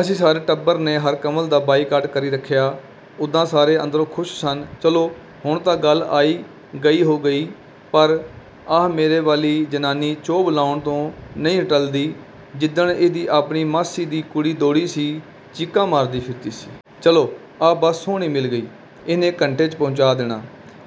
ਅਸੀਂ ਸਾਰੇ ਟੱਬਰ ਨੇ ਹਰਕੰਵਲ ਦਾ ਬਾਈਕਾਟ ਕਰੀ ਰੱਖਿਆ। ਉੱਦਾਂ ਸਾਰੇ ਅੰਦਰੋਂ ਖੁਸ਼ ਸਨ। ਚਲੋ, ਹੁਣ ਤਾਂ ਗੱਲ ਆਈ ਗਈ ਹੋ ਗਈ। ਪਰ ਆਹ ਮੇਰੇ ਵਾਲੀ ਜ਼ਨਾਨੀ ਚੋਭ ਲਾਉਣ ਤੋਂ ਨਈਂ ਟੱਲਦੀ। ਜਿੱਦਣ ਇਹਦੀ ਆਪਣੀ ਮਾਸੀ ਦੀ ਕੁੜੀ ਦੌੜੀ ਸੀ, ਚੀਕਾਂ ਮਾਰਦੀ ਫਿਰਦੀ ਸੀ। ਚਲੋ ਆਹ ਬੱਸ ਸੋਹਣੀ ਮਿਲ ਗਈ। ਇਹਨੇ ਘੰਟੇ 'ਚ ਪਹੁੰਚਾ ਦੇਣਾ।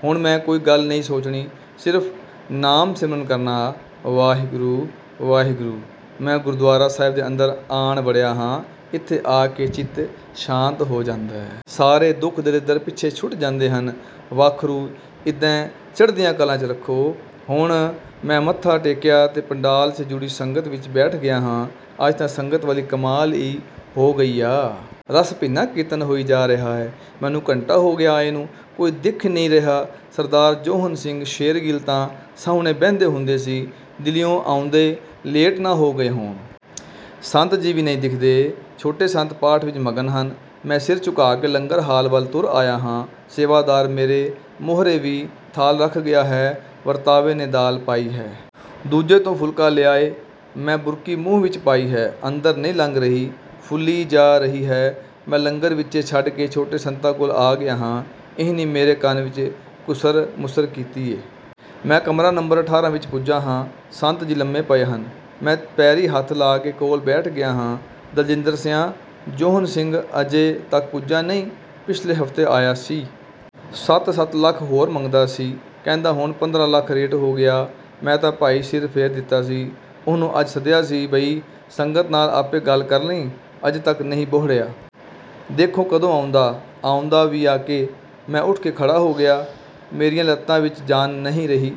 ਹੁਣ ਮੈਂ ਕੋਈ ਗੱਲ ਨਈਂ ਸੋਚਣੀ। ਸਿਰਫ਼ ਨਾਮ ਸਿਮਰਨ ਕਰਨਾਂ ਆ। ਵਾਹਿਗੁਰੂ… ਵਾਹਿਗੁਰੂ। ਮੈਂ ਗੁਰਦੁਆਰਾ ਸਾਹਿਬ ਦੇ ਅੰਦਰ ਆਣ ਵੜਿਆ ਹਾਂ। ਇੱਥੇ ਆ ਕੇ ਚਿੱਤ ਸ਼ਾਂਤ ਹੋ ਜਾਂਦੈ। ਸਾਰੇ ਦੁੱਖ ਦਲਿੱਦਰ ਪਿੱਛੇ ਛੁੱਟ ਜਾਂਦੇ ਹਨ। ਵਾਖਰੂ… ਇਦੈਂ ਚੜ੍ਹਦੀਆਂ ਕਲਾਂ 'ਚ ਰੱਖੇ। ਹੁਣ ਮੈਂ ਮੱਥਾ ਟੇਕਿਆ ਤੇ ਪੰਡਾਲ 'ਚ ਜੁੜੀ ਸੰਗਤ ਵਿੱਚ ਬੈਠ ਗਿਆ ਹਾਂ। ਅੱਜ ਤਾਂ ਸੰਗਤ ਵਾਲੀ ਕਮਾਲ ਈ ਹੋ ਗਈ ਆ। ਰਸ ਭਿੰਨਾ ਕੀਰਤਨ ਹੋਈ ਜਾ ਰਿਹਾ ਏ। ਮੈਨੂੰ ਘੰਟਾ ਹੋ ਗਿਆ ਆਏ ਨੂੰ। ਕੋਈ ਦਿਖ ਨਈਂ ਰਿਹਾ। ਸਰਦਾਰ ਜੌਹਨ ਸਿੰਘ ਸ਼ੇਰਗਿੱਲ ਤਾਂ ਸਾਹਮਣੇ ਬਹਿੰਦੇ ਹੁੰਦੇ ਸੀ। ਦਿੱਲੀਉਂ ਆਉਂਦੇ ਲੇਟ ਨਾ ਹੋ ਗਏ ਹੋਣ। ਸੰਤ ਜੀ ਵੀ ਨਈਂ ਦਿਖਦੇ। ਛੋਟੇ ਸੰਤ ਪਾਠ ਵਿੱਚ ਮਗਨ ਹਨ। ਮੈਂ ਸਿਰ ਝੁਕਾ ਕੇ ਲੰਗਰ ਹਾਲ ਵੱਲ ਤੁਰ ਆਇਆ ਹਾਂ। ਸੇਵਾਦਾਰ ਮੇਰੇ ਮੋਹਰੇ ਵੀ ਥਾਲ ਰੱਖ ਗਿਆ ਹੈ। ਵਰਤਾਵੇ ਨੇ ਦਾਲ ਪਾਈ ਹੈ। ਦੂਜੇ ਤੋਂ ਫੁਲਕਾ ਲਿਆ ਏ। ਮੈਂ ਬੁਰਕੀ ਮੂੰਹ ਵਿੱਚ ਪਾਈ ਹੈ। ਅੰਦਰ ਨਈਂ ਲੰਘ ਰਹੀ। ਫੁੱਲੀ ਜਾ ਰਹੀ ਹੈ। ਮੈਂ ਲੰਗਰ ਵਿਚੇ ਛੱਡ ਕੇ ਛੋਟੇ ਸੰਤਾਂ ਕੋਲ ਆ ਗਿਆ ਹਾਂ। ਇਹਨੀਂ ਮੇਰੇ ਕੰਨ ਵਿੱਚ ਘੁਸਰ ਮੁਸਰ ਕੀਤੀ ਏ। ਮੈਂ ਕਮਰਾ ਨੰਬਰ ਅਠਾਰਾਂ ਵਿੱਚ ਪੁੱਜਾ ਹਾਂ। ਸੰਤ ਜੀ ਲੰਮੇ ਪਏ ਹਨ। ਮੈਂ ਪੈਰੀਂ ਹੱਥ ਲਾ ਕੇ ਕੋਲ ਬੈਠ ਗਿਆ ਹਾਂ। "ਦਲਜਿੰਦਰ ਸਿਆਂ, ਜੌਹਨ ਸਿੰਘ ਅਜੇ ਤੱਕ ਪੁੱਜਾ ਨਈਂ। ਪਿਛਲੇ ਹਫ਼ਤੇ ਆਇਆ ਸੀ। ਸੱਤ-ਸੱਤ ਲੱਖ ਹੋਰ ਮੰਗਦਾ ਸੀ। ਕਹਿੰਦਾ ਹੁਣ ਪੰਦਰ੍ਹਾਂ ਲੱਖ ਰੇਟ ਹੋ ਗਿਆ। ਮੈਂ ਤਾਂ ਭਾਈ ਸਿਰ ਫੇਰ ਦਿੱਤਾ ਸੀ। ਉਹਨੂੰ ਅੱਜ ਸੱਦਿਆ ਸੀ, ਬਈ ਸੰਗਤ ਨਾਲ ਆਪੇ ਗੱਲ ਕਰ ਲਈਂ। ਅਜੇ ਤੱਕ ਨਈਂ ਬਹੁੜਿਆ। ਦੇਖੋ ਕਦੋਂ ਆਉਂਦਾ? ਆਉਂਦਾ ਵੀ ਆ ਕਿ…। " ਮੈਂ ਉੱਠ ਕੇ ਖੜ੍ਹਾ ਹੋ ਗਿਆ ਹਾਂ। ਮੇਰੀਆਂ ਲੱਤਾਂ ਵਿੱਚ ਜਾਨ ਨਈਂ ਰਹੀ।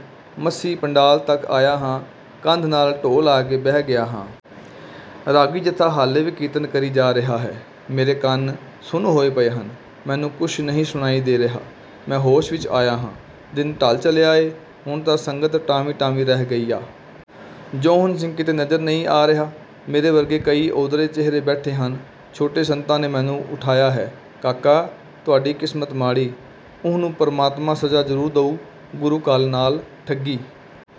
ਮਸੀਂ ਪੰਡਾਲ ਤੱਕ ਆਇਆ ਹਾਂ। ਕੰਧ ਨਾਲ ਢੋਅ ਲਾ ਕੇ ਬਹਿ ਗਿਆ ਹਾਂ। ਰਾਗੀ ਜਥਾ ਹਾਲੇ ਵੀ ਕੀਰਤਨ ਕਰੀ ਜਾ ਰਿਹਾ ਹੈ। ਮੇਰੇ ਕੰਨ ਸੁੰਨ ਹੋਏ ਪਏ ਹਨ। ਮੈਨੂੰ ਕੁਸ਼ ਨਈਂ ਸੁਣਾਈ ਦੇ ਰਿਹਾ। ਮੈਂ ਹੋਸ਼ ਵਿੱਚ ਆਇਆ ਹਾਂ। ਦਿਨ ਢੱਲ ਚੱਲਿਆ ਏ। ਹੁਣ ਤਾਂ ਸੰਗਤ ਟਾਵੀਂ-ਟਾਵੀਂ ਰਹਿ ਗਈ ਆ। ਜੌਹਨ ਸਿੰਘ ਕਿਤੇ ਨਜ਼ਰ ਨਈਂ ਆ ਰਿਹਾ। ਮੇਰੇ ਵਰਗੇ ਕਈ ਓਦਰੇ ਚਿਹਰੇ ਬੈਠੇ ਹਨ। ਛੋਟੇ ਸੰਤਾਂ ਨੇ ਮੈਨੂੰ ਉਠਾਇਆ ਹੈ। "ਕਾਕਾ, ਤੁਹਾਡੀ ਕਿਸਮਤ ਮਾੜੀ। ਉਹਨੂੰ ਪ੍ਰਮਾਤਮਾ ਸਜ਼ਾ ਜ਼ਰੂਰ ਦਊ। ਗੁਰੂ ਘਰ ਨਾਲ ਠੱਗੀ।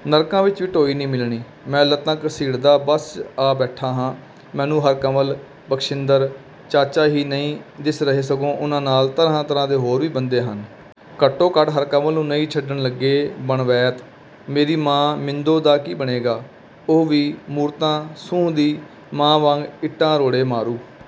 ਨਰਕਾਂ ਵਿੱਚ ਵੀ ਢੋਈ ਨਈਂ ਮਿਲਣੀ। " ਮੈਂ ਲੱਤਾਂ ਘੜੀਸਦਾ ਬੱਸ 'ਚ ਆ ਬੈਠਾ ਹਾਂ। ਮੈਨੂੰ ਹਰਕੰਵਲ, ਬਖਸ਼ਿੰਦਰ, ਚਾਚਾ ਹੀ ਨਈਂ ਦਿਸ ਰਹੇ ਸਗੋਂ ਉਨ੍ਹਾਂ ਨਾਲ ਤਰ੍ਹਾਂ ਤਰ੍ਹਾਂ ਦੇ ਹੋਰ ਵੀ ਬੰਦੇ ਹਨ। ਘੱਟੋ ਘੱਟ ਹਰਕੰਵਲ ਨੂੰ ਨਈਂ ਛੱਡਣ ਲੱਗੇ ਬਣਵੈਤ। ਮੇਰੀ ਮਾਂ ਮਿੰਦੋ ਦਾ ਕੀ ਬਣੇਗਾ? ਉਹ ਵੀ ਮੂਰਤਾ ਸੁੰਹ ਦੀ ਮਾਂ ਵਾਂਗ ਇੱਟਾਂ ਰੋੜੇ ਮਾਰੂ।